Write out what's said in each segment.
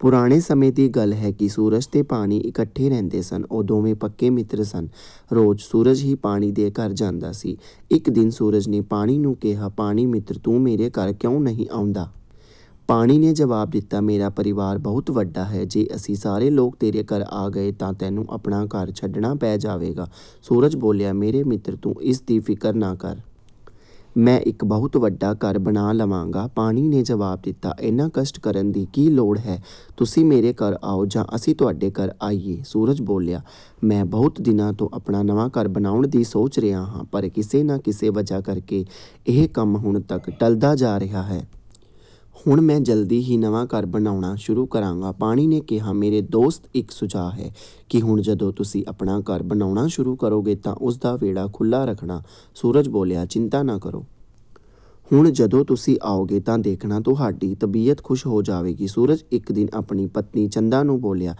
ਪੁਰਾਣੇ ਸਮੇਂ ਦੀ ਗੱਲ ਹੈ ਕਿ ਸੂਰਜ ਤੇ ਪਾਣੀ ਇਕੱਠੇ ਰਹਿੰਦੇ ਸਨ। ਉਹ ਦੋਵੇਂ ਪੱਕੇ ਮਿੱਤਰ ਸਨ। ਰੋਜ਼ ਸੂਰਜ ਹੀ ਪਾਣੀ ਦੇ ਘਰ ਜਾਂਦਾ ਸੀ। ਇੱਕ ਦਿਨ ਸੂਰਜ ਨੇ ਪਾਣੀ ਨੂੰ ਕਿਹਾ, “ਪਾਣੀ ਮਿੱਤਰ, ਤੂੰ ਮੇਰੇ ਘਰ ਕਿਉਂ ਨਹੀਂ ਆਉਂਦਾ?” ਪਾਣੀ ਨੇ ਜਵਾਬ ਦਿੱਤਾ, “ਮੇਰਾ ਪਰਿਵਾਰ ਬਹੁਤ ਵੱਡਾ ਹੈ। ਜੇ ਅਸੀਂ ਸਾਰੇ ਲੋਕ ਤੇਰੇ ਘਰ ਆ ਗਏ ਤਾਂ ਤੈਨੂੰ ਆਪਣਾ ਘਰ ਛੱਡਣਾ ਪੈ ਜਾਵੇਗਾ।” ਸੂਰਜ ਬੋਲਿਆ, “ਮੇਰੇ ਮਿੱਤਰ, ਤੂੰ ਇਸ ਦੀ ਫ਼ਿਕਰ ਨਾ ਕਰ। ਮੈਂ ਇੱਕ ਬਹੁਤ ਵੱਡਾ ਘਰ ਬਣਾ ਲਵਾਂਗਾ।” ਪਾਣੀ ਨੇ ਜਵਾਬ ਦਿੱਤਾ, “ਐਨਾ ਕਸ਼ਟ ਕਰਨ ਦੀ ਕੀ ਲੋੜ ਹੈ? ਤੁਸੀਂ ਮੇਰੇ ਘਰ ਆਓ ਜਾਂ ਅਸੀਂ ਤੁਹਾਡੇ ਘਰ ਆਈਏ?” 'ਸੂਰਜ ਬੋਲਿਆ, “ਮੈਂ ਬਹੁਤ ਦਿਨਾਂ ਤੋਂ ਆਪਣਾ ਨਵਾਂ ਘਰ ਬਣਾਉਣ ਦੀ ਸੋਚ ਰਿਹਾ ਹਾਂ, ਪਰ ਕਿਸੇ ਨਾ ਕਿਸੇ ਵਜ੍ਹਾ ਕਰਕੇ ਇਹ ਕੰਮ ਹੁਣ ਤੱਕ ਟਲਦਾ ਜਾ ਰਿਹਾ ਹੈ। ਹੁਣ ਮੈਂ ਜਲਦੀ ਹੀ ਨਵਾਂ ਘਰ ਬਣਾਉਣਾ ਸ਼ੁਰੂ ਕਰਾਂਗਾ।'' ਪਾਣੀ ਨੇ ਕਿਹਾ, “ਮੇਰੇ ਦੋਸਤ, ਇੱਕ ਸੁਝਾਅ ਹੈ ਕਿ ਹੁਣ ਜਦੋਂ ਤੁਸੀਂ ਆਪਣਾ ਘਰ ਬਣਾਉਣਾ ਸ਼ੁਰੂ ਕਰੋਗੇ ਤਾਂ ਉਸ ਦਾ ਵਿਹੜਾ ਖੁੱਲ੍ਹਾ ਰੱਖਣਾ।” ਸੂਰਜ ਬੋਲਿਆ, “ਚਿੰਤਾ ਨਾ ਕਰੋ। ਹੁਣ ਜਦੋਂ ਤੁਸੀਂ ਆਓਗੇ ਤਾਂ ਦੇਖਣਾ, ਤੁਹਾਡੀ ਤਬੀਅਤ ਖ਼ੁਸ਼ ਹੋ ਜਾਵੇਗੀ।' ਸੂਰਜ ਇੱਕ ਦਿਨ ਆਪਣੀ ਪਤਨੀ ਚੰਦਾ ਨੂੰ ਬੋਲਿਆ,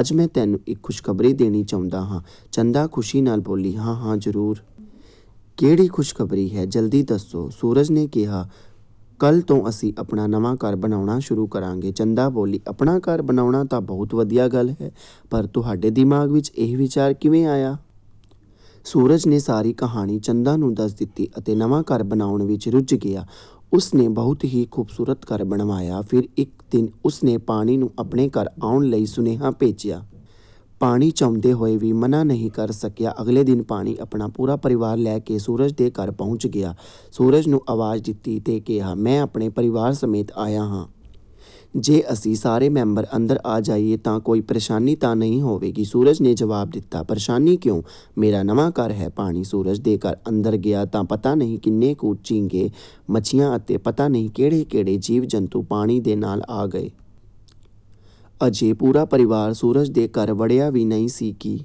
“ਅੱਜ ਮੈਂ ਤੈਨੂੰ ਇੱਕ ਖ਼ੁਸ਼ਖ਼ਬਰੀ ਦੇਣੀ ਚਾਹੁੰਦਾ ਹਾਂ।” ਚੰਦਾ ਖ਼ੁਸ਼ੀ ਨਾਲ ਬੋਲੀ, “ਹਾਂ-ਹਾਂ, ਜ਼ਰੂਰ! ਕਿਹੜੀ ਖ਼ੁਸ਼ਖ਼ਬਰੀ ਹੈ? ਜਲਦੀ ਦੱਸੋ।” ਸੂਰਜ ਨੇ ਕਿਹਾ ''ਕੱਲ੍ਹ ਤੋਂ ਅਸੀਂ ਆਪਣਾ ਨਵਾਂ ਘਰ ਬਣਾਉਣਾ ਸ਼ੁਰੂ ਕਰਾਂਗੇ। '' ਚੰਦਾ ਬੋਲੀ, “ਆਪਣਾ ਘਰ ਬਣਾਉਣਾ ਤਾਂ ਬਹੁਤ ਵਧੀਆ ਗੱਲ ਹੈ, ਪਰ ਤੁਹਾਡੇ ਦਿਮਾਗ਼ ਵਿੱਚ ਇਹ ਵਿਚਾਰ ਕਿਵੇਂ ਆਇਆ? ਸੂਰਜ ਨੇ ਸਾਰੀ ਕਹਾਣੀ ਚੰਦਾ ਨੂੰ ਦੱਸ ਦਿੱਤੀ ਅਤੇ ਨਵਾਂ ਘਰ ਬਣਾਉਣ ਵਿੱਚ ਰੁੱਝ ਗਿਆ। ਉਸ ਨੇ ਬਹੁਤ ਹੀ ਖ਼ੂਬਸੂਰਤ ਘਰ ਬਣਵਾਇਆ। ਫਿਰ ਇੱਕ ਦਿਨ ਉਸ ਨੇ ਪਾਣੀ ਨੂੰ ਆਪਣੇ ਘਰ ਆਉਣ ਲਈ ਸੁਨੇਹਾ ਭੇਜਿਆ। ਪਾਣੀ ਚਾਹੁੰਦੇ ਹੋਏ ਵੀ ਮਨ੍ਹਾਂ ਨਹੀਂ ਕਰ ਸਕਿਆ। ਅਗਲੇ ਦਿਨ ਪਾਣੀ ਆਪਣਾ ਪੂਰਾ ਪਰਿਵਾਰ ਲੈ ਕੇ ਸੂਰਜ ਦੇ ਘਰ ਪਹੁੰਚ ਗਿਆ। ਸੂਰਜ ਨੂੰ ਆਵਾਜ਼ ਦਿੱਤੀ ਤੇ ਕਿਹਾ, “ਮੈਂ ਆਪਣੇ ਪਰਿਵਾਰ ਸਮੇਤ ਆਇਆ ਹਾਂ। ਜੇ ਅਸੀਂ ਸਾਰੇ ਮੈਂਬਰ ਅੰਦਰ ਆ ਜਾਈਏ ਤਾਂ ਕੋਈ ਪ੍ਰੇਸ਼ਾਨੀ ਤਾਂ ਨਹੀਂ ਹੋਵੇਗੀ?” ਸੂਰਜ ਨੇ ਜਵਾਬ ਦਿੱਤਾ, ''ਪ੍ਰੇਸ਼ਾਨੀ ਕਿਉਂ? ਮੇਰਾ ਨਵਾਂ ਘਰ ਹੈ। ਪਾਣੀ ਸੂਰਜ ਦੇ ਘਰ ਅੰਦਰ ਗਿਆ ਤਾਂ ਪਤਾ ਨਹੀਂ ਕਿੰਨੇ ਕੁ ਝੀਂਗੇ, ਮੱਛੀਆਂ ਅਤੇ ਪਤਾ ਨਹੀਂ ਕਿਹੜੇ-ਕਿਹੜੇ ਜੀਵ-ਜੰਤੂ ਪਾਣੀ ਦੇ ਨਾਲ ਆ ਗਏ। ਅਜੇ ਪੂਰਾ ਪਰਿਵਾਰ ਸੂਰਜ ਦੇ ਘਰ ਵੜਿਆ ਵੀ ਨਹੀਂ ਸੀ ਕਿ